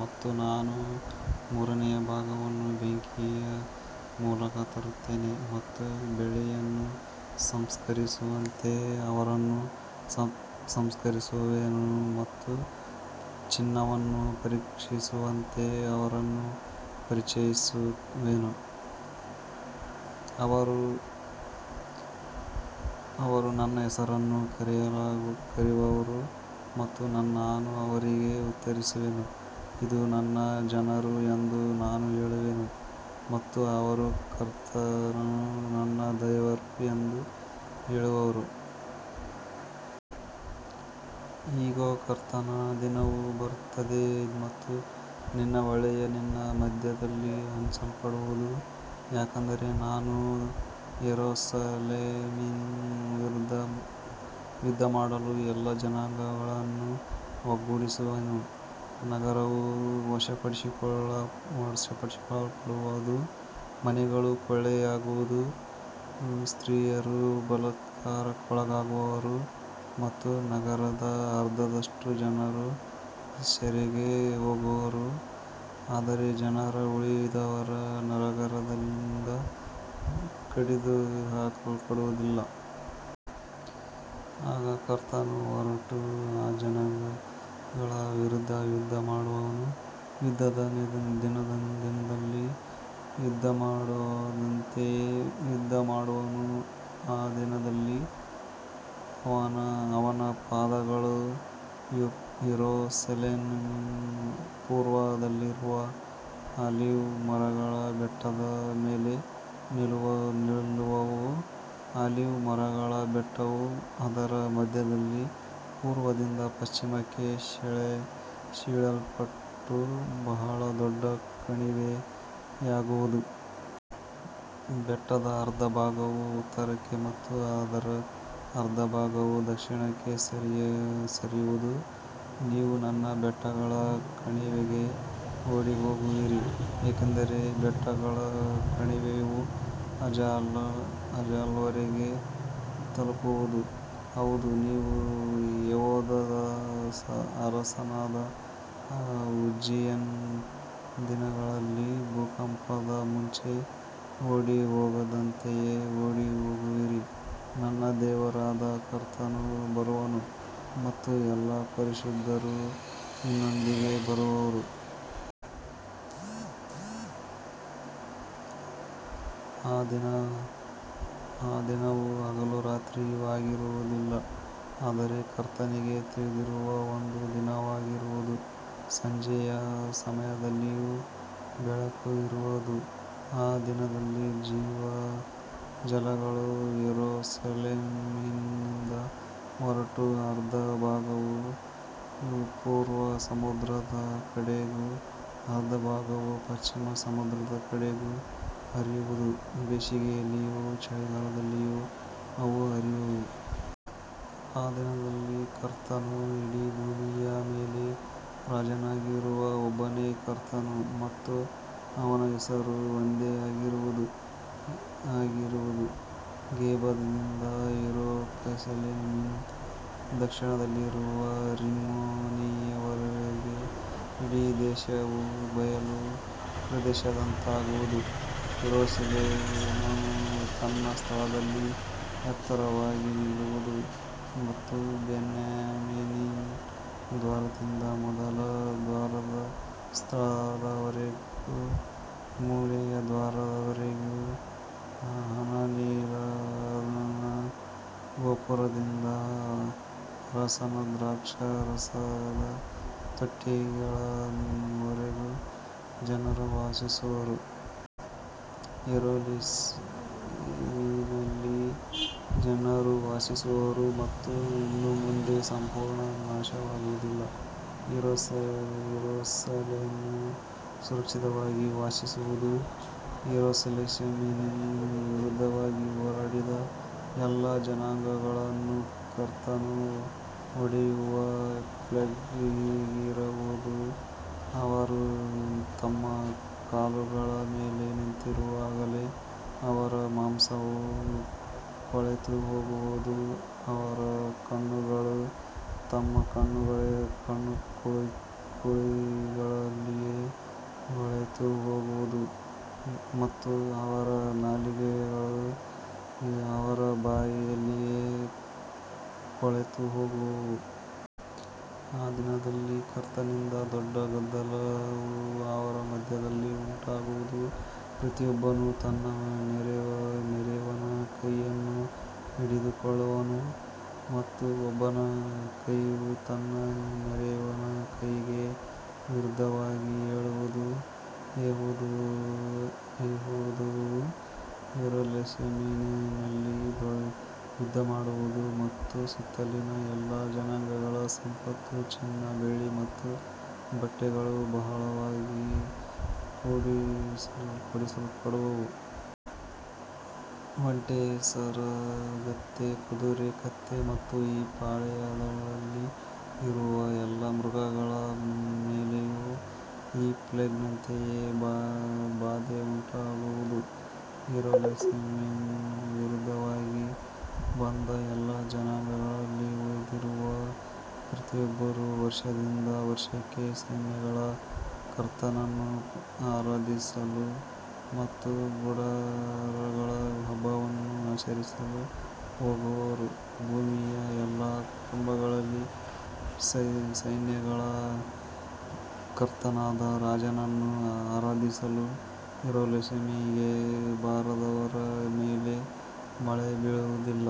ಮತ್ತು ನಾನು ಮೂರನೆಯ ಭಾಗವನ್ನು ಬೆಂಕಿಯ ಮೂಲಕ ತರುತ್ತೇನೆ ಮತ್ತು ಬೆಳ್ಳಿಯನ್ನು ಸಂಸ್ಕರಿಸುವಂತೆ ಅವರನ್ನು ಸಂಸ್ಕರಿಸುವೆನು ಮತ್ತು ಚಿನ್ನವನ್ನು ಪರೀಕ್ಷಿಸುವಂತೆ ಅವರನ್ನು ಪರೀಕ್ಷಿಸುವೆನು. ಅವರು ನನ್ನ ಹೆಸರನ್ನು ಕರೆಯುವರು ಮತ್ತು ನಾನು ಅವರಿಗೆ ಉತ್ತರಿಸುವೆನು. ಇದು ನನ್ನ ಜನರು ಎಂದು ನಾನು ಹೇಳುವೆನು ಮತ್ತು ಅವರು ಕರ್ತನು ನನ್ನ ದೇವರು ಎಂದು ಹೇಳುವರು. ಇಗೋ, ಕರ್ತನ ದಿನವು ಬರುತ್ತದೆ ಮತ್ತು ನಿನ್ನ ಕೊಳ್ಳೆಯು ನಿನ್ನ ಮಧ್ಯದಲ್ಲಿ ಹಂಚಲ್ಪಡುವುದು. ಯಾಕಂದರೆ ನಾನು ಯೆರೂಸಲೇಮಿನ ವಿರುದ್ಧ ಯುದ್ಧಮಾಡಲು ಎಲ್ಲಾ ಜನಾಂಗಗಳನ್ನು ಒಟ್ಟುಗೂಡಿಸುವೆನು. ನಗರವು ವಶಪಡಿಸಿಕೊಳ್ಳಲ್ಪಡುವುದು, ಮನೆಗಳು ಕೊಳ್ಳೆಯಾಗುವವು, ಸ್ತ್ರೀಯರು ಬಲಾತ್ಕಾರಕ್ಕೊಳಗಾಗುವರು ಮತ್ತು ನಗರದ ಅರ್ಧದಷ್ಟು ಜನರು ಸೆರೆಗೆ ಹೋಗುವರು. ಆದರೆ ಜನರ ಉಳಿದವರು ನಗರದಿಂದ ಕಡಿದುಹಾಕಲ್ಪಡುವುದಿಲ್ಲ. ಆಗ ಕರ್ತನು ಹೊರಟು ಆ ಜನಾಂಗಗಳ ವಿರುದ್ಧ ಯುದ್ಧಮಾಡುವನು, ಯುದ್ಧದ ದಿನದಲ್ಲಿ ಯುದ್ಧಮಾಡಿದಂತೆಯೇ ಯುದ್ಧಮಾಡುವನು. ಆ ದಿನದಲ್ಲಿ ಅವನ ಪಾದಗಳು ಯೆರೂಸಲೇಮಿನ ಪೂರ್ವದಲ್ಲಿರುವ ಆಲಿವ್ ಮರಗಳ ಬೆಟ್ಟದ ಮೇಲೆ ನಿಲ್ಲುವವು. ಆಲಿವ್ ಮರಗಳ ಬೆಟ್ಟವು ಅದರ ಮಧ್ಯದಲ್ಲಿ ಪೂರ್ವದಿಂದ ಪಶ್ಚಿಮಕ್ಕೆ ಸೀಳಲ್ಪಟ್ಟು ಬಹಳ ದೊಡ್ಡ ಕಣಿವೆಯಾಗುವುದು. ಬೆಟ್ಟದ ಅರ್ಧ ಭಾಗವು ಉತ್ತರಕ್ಕೆ ಮತ್ತು ಅದರ ಅರ್ಧ ಭಾಗವು ದಕ್ಷಿಣಕ್ಕೆ ಸರಿಯುವುದು. ನೀವು ನನ್ನ ಬೆಟ್ಟಗಳ ಕಣಿವೆಗೆ ಓಡಿಹೋಗುವಿರಿ, ಏಕೆಂದರೆ ಬೆಟ್ಟಗಳ ಕಣಿವೆಯು ಅಜಾಲ್ ವರೆಗೆ ತಲುಪುವುದು. ಹೌದು, ನೀವು ಯೆಹೂದದ ಅರಸನಾದ ಉಜ್ಜೀಯನ ದಿನಗಳಲ್ಲಿ ಭೂಕಂಪದ ಮುಂಚೆ ಓಡಿಹೋದಂತೆಯೇ ಓಡಿಹೋಗುವಿರಿ. ನನ್ನ ದೇವರಾದ ಕರ್ತನು ಬರುವನು ಮತ್ತು ಎಲ್ಲಾ ಪರಿಶುದ್ಧರೂ ನಿನ್ನೊಂದಿಗೆ ಬರುವರು. ಆ ದಿನವು ಹಗಲೂ ರಾತ್ರಿಯೂ ಆಗಿರುವುದಿಲ್ಲ, ಆದರೆ ಕರ್ತನಿಗೆ ತಿಳಿದಿರುವ ಒಂದು ದಿನವಾಗಿರುವುದು. ಸಂಜೆಯ ಸಮಯದಲ್ಲಿಯೂ ಬೆಳಕು ಇರುವದು. ಆ ದಿನದಲ್ಲಿ ಜೀವಜಲಗಳು ಯೆರೂಸಲೇಮಿನಿಂದ ಹೊರಟು, ಅರ್ಧ ಭಾಗವು ಪೂರ್ವ ಸಮುದ್ರದ ಕಡೆಗೂ ಅರ್ಧ ಭಾಗವು ಪಶ್ಚಿಮ ಸಮುದ್ರದ ಕಡೆಗೂ ಹರಿಯುವವು. ಬೇಸಿಗೆಯಲ್ಲಿಯೂ ಚಳಿಗಾಲದಲ್ಲಿಯೂ ಅವು ಹರಿಯುವವು. ಆ ದಿನದಲ್ಲಿ ಕರ್ತನು ಇಡೀ ಭೂಮಿಯ ಮೇಲೆ ರಾಜನಾಗಿರುವನು. ಒಬ್ಬನೇ ಕರ್ತನು ಮತ್ತು ಅವನ ಹೆಸರು ಒಂದೇ ಆಗಿರುವುದು. ಗೆಬದಿಂದ ಯೆರೂಸಲೇಮಿನ ದಕ್ಷಿಣದಲ್ಲಿರುವ ರಿಮ್ಮೋನಿನವರೆಗೆ ಇಡೀ ದೇಶವು ಬಯಲು ಪ್ರದೇಶದಂತಾಗುವುದು. ಯೆರೂಸಲೇಮು ತನ್ನ ಸ್ಥಳದಲ್ಲಿ ಎತ್ತರವಾಗಿ ನಿಲ್ಲುವುದು ಮತ್ತು ಬೆನ್ಯಾಮೀನಿನ ದ್ವಾರದಿಂದ ಮೊದಲ ದ್ವಾರದ ಸ್ಥಳದವರೆಗೂ, ಮೂಲೆಯ ದ್ವಾರದವರೆಗೂ, ಹನನೀಲನ ಗೋಪುರದಿಂದ ಅರಸನ ದ್ರಾಕ್ಷಾರಸದ ತೊಟ್ಟಿಗಳವರೆಗೂ ಜನರು ವಾಸಿಸುವರು. ಯೆರೂಸಲೇಮಿನಲ್ಲಿ ಜನರು ವಾಸಿಸುವರು ಮತ್ತು ಇನ್ನು ಮುಂದೆ ಸಂಪೂರ್ಣ ನಾಶವಾಗುವುದಿಲ್ಲ. ಯೆರೂಸಲೇಮು ಸುರಕ್ಷಿತವಾಗಿ ವಾಸಿಸುವುದು. ಯೆರೂಸಲೇಮಿನ ವಿರುದ್ಧವಾಗಿ ಹೋರಾಡಿದ ಎಲ್ಲಾ ಜನಾಂಗಗಳನ್ನು ಕರ್ತನು ಹೊಡೆಯುವ ಪ್ಲೇಗ್ ಹೀಗಿರುವುದು. ಅವರು ತಮ್ಮ ಕಾಲುಗಳ ಮೇಲೆ ನಿಂತಿರುವಾಗಲೇ ಅವರ ಮಾಂಸವು ಕೊಳೆತುಹೋಗುವುದು, ಅವರ ಕಣ್ಣುಗಳು ತಮ್ಮ ಕಣ್ಣುಕುಳಿಗಳಲ್ಲಿಯೇ ಕೊಳೆತುಹೋಗುವವು ಮತ್ತು ಅವರ ನಾಲಿಗೆಗಳು ಅವರ ಬಾಯಿಯಲ್ಲಿಯೇ ಕೊಳೆತುಹೋಗುವವು. ಆ ದಿನದಲ್ಲಿ ಕರ್ತನಿಂದ ದೊಡ್ಡ ಗದ್ದಲವು ಅವರ ಮಧ್ಯದಲ್ಲಿ ಉಂಟಾಗುವುದು. ಪ್ರತಿಯೊಬ್ಬನು ತನ್ನ ನೆರೆಯವನ ಕೈಯನ್ನು ಹಿಡಿದುಕೊಳ್ಳುವನು ಮತ್ತು ಒಬ್ಬನ ಕೈಯು ತನ್ನ ನೆರೆಯವನ ಕೈಗೆ ವಿರುದ್ಧವಾಗಿ ಏಳುವುದು. ಯೆಹೂದವೂ ಯೆರೂಸಲೇಮಿನಲ್ಲಿ ಯುದ್ಧಮಾಡುವುದು ಮತ್ತು ಸುತ್ತಲಿನ ಎಲ್ಲಾ ಜನಾಂಗಗಳ ಸಂಪತ್ತು, ಚಿನ್ನ, ಬೆಳ್ಳಿ ಮತ್ತು ಬಟ್ಟೆಗಳು ಬಹಳವಾಗಿ ಕೂಡಿಸಲ್ಪಡುವವು. ಒಂಟೆ, ಹೇಸರಗತ್ತೆ, ಕುದುರೆ, ಕತ್ತೆ ಮತ್ತು ಈ ಪಾಳೆಯಗಳಲ್ಲಿ ಇರುವ ಎಲ್ಲಾ ಮೃಗಗಳ ಮೇಲೆಯೂ ಈ ಪ್ಲೇಗ್‌ನಂತೆಯೇ ಬಾಧೆ ಉಂಟಾಗುವುದು. ಯೆರೂಸಲೇಮಿನ ವಿರುದ್ಧವಾಗಿ ಬಂದ ಎಲ್ಲಾ ಜನಾಂಗಗಳಲ್ಲಿ ಉಳಿದಿರುವ ಪ್ರತಿಯೊಬ್ಬರೂ ವರ್ಷದಿಂದ ವರ್ಷಕ್ಕೆ ಸೈನ್ಯಗಳ ಕರ್ತನನ್ನು ಆರಾಧಿಸಲು ಮತ್ತು ಗುಡಾರಗಳ ಹಬ್ಬವನ್ನು ಆಚರಿಸಲು ಹೋಗುವರು. ಭೂಮಿಯ ಎಲ್ಲಾ ಕುಟುಂಬಗಳಲ್ಲಿ ಸೈನ್ಯಗಳ ಕರ್ತನಾದ ರಾಜನನ್ನು ಆರಾಧಿಸಲು ಯೆರೂಸಲೇಮಿಗೆ ಬಾರದವರ ಮೇಲೆ ಮಳೆ ಬೀಳುವುದಿಲ್ಲ.